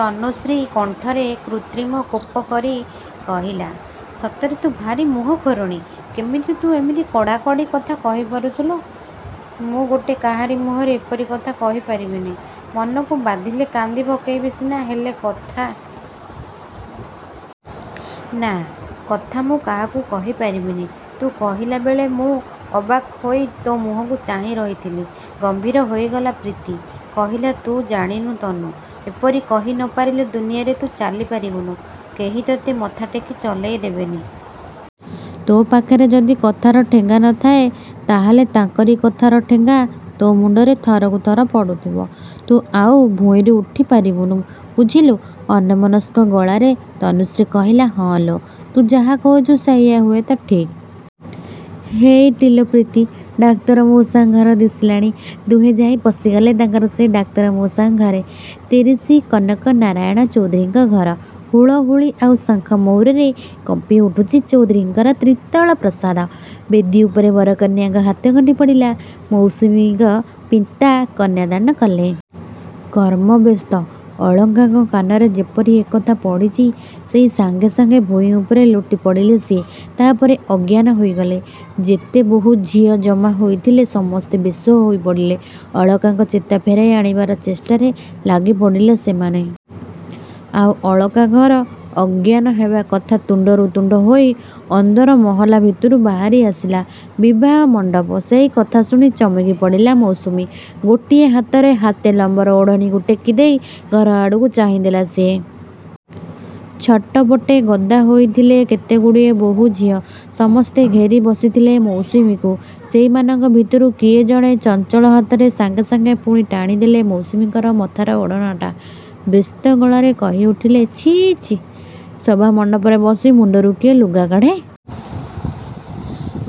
ତନୁଶ୍ରୀ କଣ୍ଠରେ କୃତ୍ରିମ କୋପ କରି କହିଲା ସତରେ ତୁ ଭାରି ମୁହଁ ଖୋରଣୀ। କେମିତି ତୁ ଏମିତି କଡ଼ା କଡ଼ି କଥା କହି ପାରୁଛୁ ଲୋ? ମୁଁ ଗୋଟେ କାହାରି ମୁହଁରେ ଏପରି କଥା କହି ପାରିବିନି। ମନକୁ ବାଧିଲେ କାନ୍ଦି ପକାଇବି ସିନା, ହେଲେ କଥା? ନା କଥା ମୁଁ କାହାକୁ କହି ପାରିବିନି। ତୁ କହିଲା ବେଳେ ମୁଁ ଅବାକ୍ ହୋଇ ତୋ ମୁହଁକୁ ଚାହିଁ ରହିଥିଲି। ଗମ୍ଭୀର ହୋଇଗଲା ପ୍ରୀତି, କହିଲା ତୁ ଜାଣିନୁ ତନୁ, ଏପରି କହି ନ ପାରିଲେ ଦୁନିଆରେ ତୁ ଚାଲି ପାରିବୁନି। କେହି ତତେ ମଥା ଟେକି ଚଲେଇ ଦେବେନି। ତୋ ପାଖରେ ଯଦି କଥାର ଠେଙ୍ଗା ନ ଥାଏ, ତାହେଲେ ତାଙ୍କରି କଥାର ଠେଙ୍ଗା ତୋ ମୁଣ୍ଡରେ ଥରକୁ ଥର ପଡ଼ୁଥିବ। ତୁ ଆଉ ଭୂଇଁରୁ ଉଠି ପାରିବୁନି। ବୁଝିଲୁ? ଅନ୍ୟମନସ୍କ ଗଳାରେ ତନୁଶ୍ରୀ କହିଲା ହଁ ଲୋ, ତୁ ଯାହା କହୁଛୁ ସେଇଆ ହୁଏତ ଠିକ୍। ହେଇଟି ଲୋ ପ୍ରୀତି, ଡାକ୍ତର ମଉସାଙ୍କ ଘର ଦିଶିଲାଣି। ଦୁହେଁ ଯାଇ ପଶିଗଲେ ତାଙ୍କର ସେଇ ଡାକ୍ତର ମଉସାଙ୍କ ଘରେ। ତିରିଶି, କନକନାରାୟଣ ଚୌଧୁରୀଙ୍କ ଘର। ହୁଳହୁଳି ଆଉ ଶଙ୍ଖ ମହୁରୀରେ କମ୍ପି ଉଠୁଛି ଚୌଧୁରୀଙ୍କର ତ୍ରିତଳ ପ୍ରସାଦ। ବେଦୀ ଉପରେ ବରକନ୍ୟାଙ୍କ ହାତଗଣ୍ଠି ପଡ଼ିଲା, ମୌସୁମୀଙ୍କ ପିତା କନ୍ୟାଦାନ କଲେ। କର୍ମବ୍ୟସ୍ତ ଅଳକାଙ୍କ କାନରେ ଯେପରି ଏ କଥା ପଡ଼ିଛି, ସେଇ ସାଙ୍ଗେ ସାଙ୍ଗେ ଭୂଇଁ ଉପରେ ଲୋଟି ପଡ଼ିଲେ ସିଏ। ତା' ପରେ ଅଜ୍ଞାନ ହୋଇଗଲେ। ଯେତେ ବୋହୂ ଝିଅ ଜମା ହୋଇଥିଲେ ସମସ୍ତେ ବ୍ୟସ୍ତ ହୋଇ ପଡ଼ିଲେ। ଅଳକାଙ୍କ ଚେତା ଫେରାଇ ଆଣିବାର ଚେଷ୍ଟାରେ ଲାଗି ପଡ଼ିଲେ ସେମାନେ। ଆଉ ଅଳକାଙ୍କର ଅଜ୍ଞାନ ହେବା କଥା ତୁଣ୍ଡରୁ ତୁଣ୍ଡ ହୋଇ ଅନ୍ଦର ମହଲା ଭିତରୁ ବାହାରି ଆସିଲା ବିବାହ ମଣ୍ଡପ। ସେଇ କଥା ଶୁଣି ଚମକି ପଡ଼ିଲା ମୌସୁମୀ। ଗୋଟିଏ ହାତରେ ହାତେ ଲମ୍ବର ଓଢ଼ଣାକୁ ଟେକି ଦେଇ ଘର ଆଡ଼କୁ ଚାହିଁ ଦେଲା ସିଏ। ଛଟପଟେ ଗଦା ହୋଇଥିଲେ କେତେଗୁଡ଼ିଏ ବୋହୂ ଝିଅ। ସମସ୍ତେ ଘେରି ବସିଥିଲେ ମୌସୁମୀକୁ। ସେଇମାନଙ୍କ ଭିତରୁ କିଏ ଜଣେ ଚଞ୍ଚଳ ହାତରେ ସାଙ୍ଗେ ସାଙ୍ଗେ ପୁଣି ଟାଣି ଦେଲେ ମୌସୁମୀର ମଥାର ଓଢ଼ଣାଟା। ବ୍ୟସ୍ତ ଗଳାରେ କହି ଉଠିଲେ ଛି, ଛି, ସଭାମଣ୍ଡପରେ ବସି ମୁଣ୍ଡରୁ କିଏ ଲୁଗା କାଢ଼େ?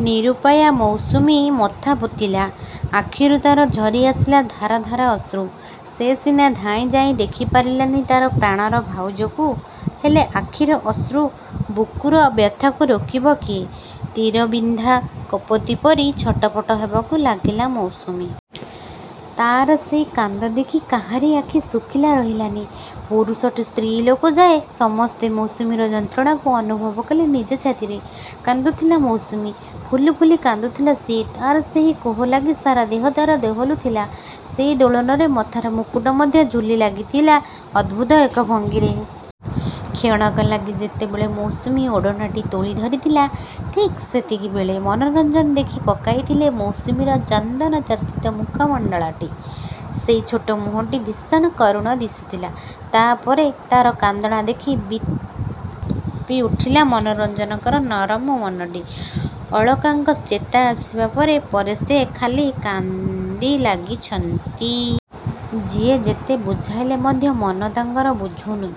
ନିରୁପାୟା ମୌସୁମୀ ମଥା ପୋତିଲା। ଆଖିରୁ ତା'ର ଝରି ଆସିଲା ଧାର ଧାର ଅଶ୍ରୁ। ସେ ସିନା ଧାଇଁ ଯାଇ ଦେଖି ପାରିଲାନି ତା'ର ପ୍ରାଣର ଭାଉଜକୁ, ହେଲେ ଆଖିର ଅଶ୍ରୁ, ବୁକୁର ବ୍ୟଥାକୁ ରୋକିବ କିଏ? ତୀର ବିନ୍ଧା କପୋତୀ ପରି ଛଟପଟ ହେବାକୁ ଲାଗିଲା ମୌସୁମୀ। ତା'ର ସେଇ କାନ୍ଦ ଦେଖି କାହାରି ଆଖି ଶୁଖିଲା ରହିଲାନି। ପୁରୁଷଠୁ ସ୍ତ୍ରୀଲୋକ ଯାଏ ସମସ୍ତେ ମୌସୁମୀର ଯନ୍ତ୍ରଣାକୁ ଅନୁଭବ କଲେ ନିଜ ଛାତିରେ। କାନ୍ଦୁଥିଲା ମୌସୁମୀ। ଫୁଲି ଫୁଲି କାନ୍ଦୁଥିଲା ସିଏ। ତା'ର ସେହି କୋହ ଲାଗି ସାରା ଦେହ ତା'ର ଦୋହଲୁଥିଲା। ସେଇ ଦୋଳନରେ ମଥାର ମୁକୁଟ ମଧ୍ୟ ଝୁଲି ଲାଗିଥିଲା ଅଦ୍ଭୁତ ଏକ ଭଙ୍ଗୀରେ। କ୍ଷଣକ ଲାଗି ଯେତେବେଳେ ମୌସୁମୀ ଓଢ଼ଣାଟି ତୋଳି ଧରିଥିଲା, ଠିକ୍ ସେତିକିବେଳେ ମନୋରଞ୍ଜନ ଦେଖି ପକାଇଥିଲେ ମୌସୁମୀର ଚନ୍ଦନଚର୍ଚ୍ଚିତ ମୁଖମଣ୍ଡଳଟି। ସେଇ ଛୋଟ ମୁହଁଟି ଭୀଷଣ କରୁଣ ଦିଶୁଥିଲା। ତା' ପରେ ତା'ର କାନ୍ଦଣା ଦେଖି ବିଳପି ଉଠିଲା ମନୋରଞ୍ଜନଙ୍କର ନରମ ମନଟି। ଅଳକାଙ୍କ ଚେତା ଆସିବା ପରେ ପରେ ସେ ଖାଲି କାନ୍ଦି ଲାଗିଛନ୍ତି। ଯିଏ ଯେତେ ବୁଝାଇଲେ ମଧ୍ୟ ମନ ତାଙ୍କର ବୁଝୁନି।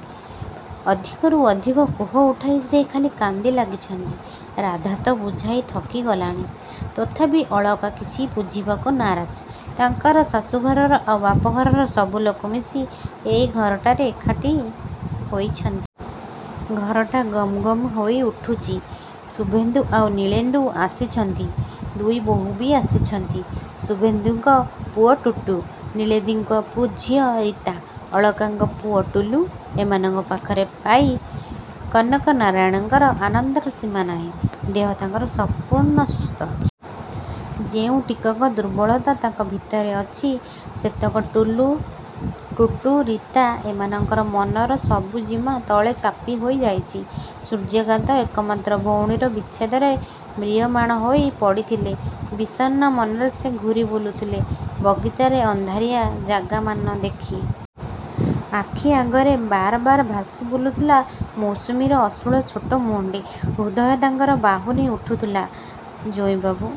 ଅଧିକରୁ ଅଧିକ କୋହ ଉଠାଇ ସେ ଖାଲି କାନ୍ଦି ଲାଗିଛନ୍ତି। ରାଧା ତ ବୁଝାଇ ଥକି ଗଲାଣି। ତଥାପି ଅଳକା କିଛି ବୁଝିବାକୁ ନାରାଜ। ତାଙ୍କର ଶାଶୂଘରର ଆଉ ବାପଘରର ସବୁ ଲୋକ ମିଶି ଏଇ ଘରଟାରେ ଏକାଠି ହୋଇଛନ୍ତି। ଘରଟା ଗମ୍ ଗମ୍ ହୋଇ ଉଠୁଛି। ଶୁଭେନ୍ଦୁ ଆଉ ନୀଳେନ୍ଦୁ ଆସିଛନ୍ତି। ଦୁଇ ବୋହୂ ବି ଆସିଛନ୍ତି। ଶୁଭେନ୍ଦୁଙ୍କ ପୁଅ ଟୁଟୁ, ନୀଳେନ୍ଦୁଙ୍କ ଝିଅ ରୀତା, ଅଳକାଙ୍କ ପୁଅ ଟୁଲୁ ଏମାନଙ୍କୁ ପାଖରେ ପାଇ କନକନାରାୟଣଙ୍କର ଆନନ୍ଦର ସୀମା ନାହିଁ। ଦେହ ତାଙ୍କର ସମ୍ପୂର୍ଣ୍ଣ ସୁସ୍ଥ ଅଛି। ଯେଉଁ ଟିକକ ଦୁର୍ବଳତା ତାଙ୍କ ଭିତରେ ଅଛି, ସେତକ ଟୁଲୁ, ଟୁଟୁ, ରୀତା ଏମାନଙ୍କର ମନର ସବୁଜିମା ତଳେ ଚାପି ହୋଇ ଯାଇଛି। ସୂର୍ଯ୍ୟକାନ୍ତ ଏକମାତ୍ର ଭଉଣୀର ବିଚ୍ଛେଦରେ ମ୍ରିୟମାଣ ହୋଇ ପଡ଼ିଥିଲେ। ବିଷନ୍ନ ମନରେ ସେ ଘୂରି ବୁଲୁଥିଲେ ବଗିଚାର ଅନ୍ଧାରିଆ ଜାଗାମାନ ଦେଖି। ଆଖି ଆଗରେ ବାର ବାର ଭାସି ବୁଲୁଥିଲା ମୌସୁମୀର ଅଶ୍ରୁଳ ଛୋଟ ମୁହଁଟି। ହୃଦୟ ତାଙ୍କର ବାହୁନି ଉଠୁଥିଲା। ଜୋଇଁବାବୁ।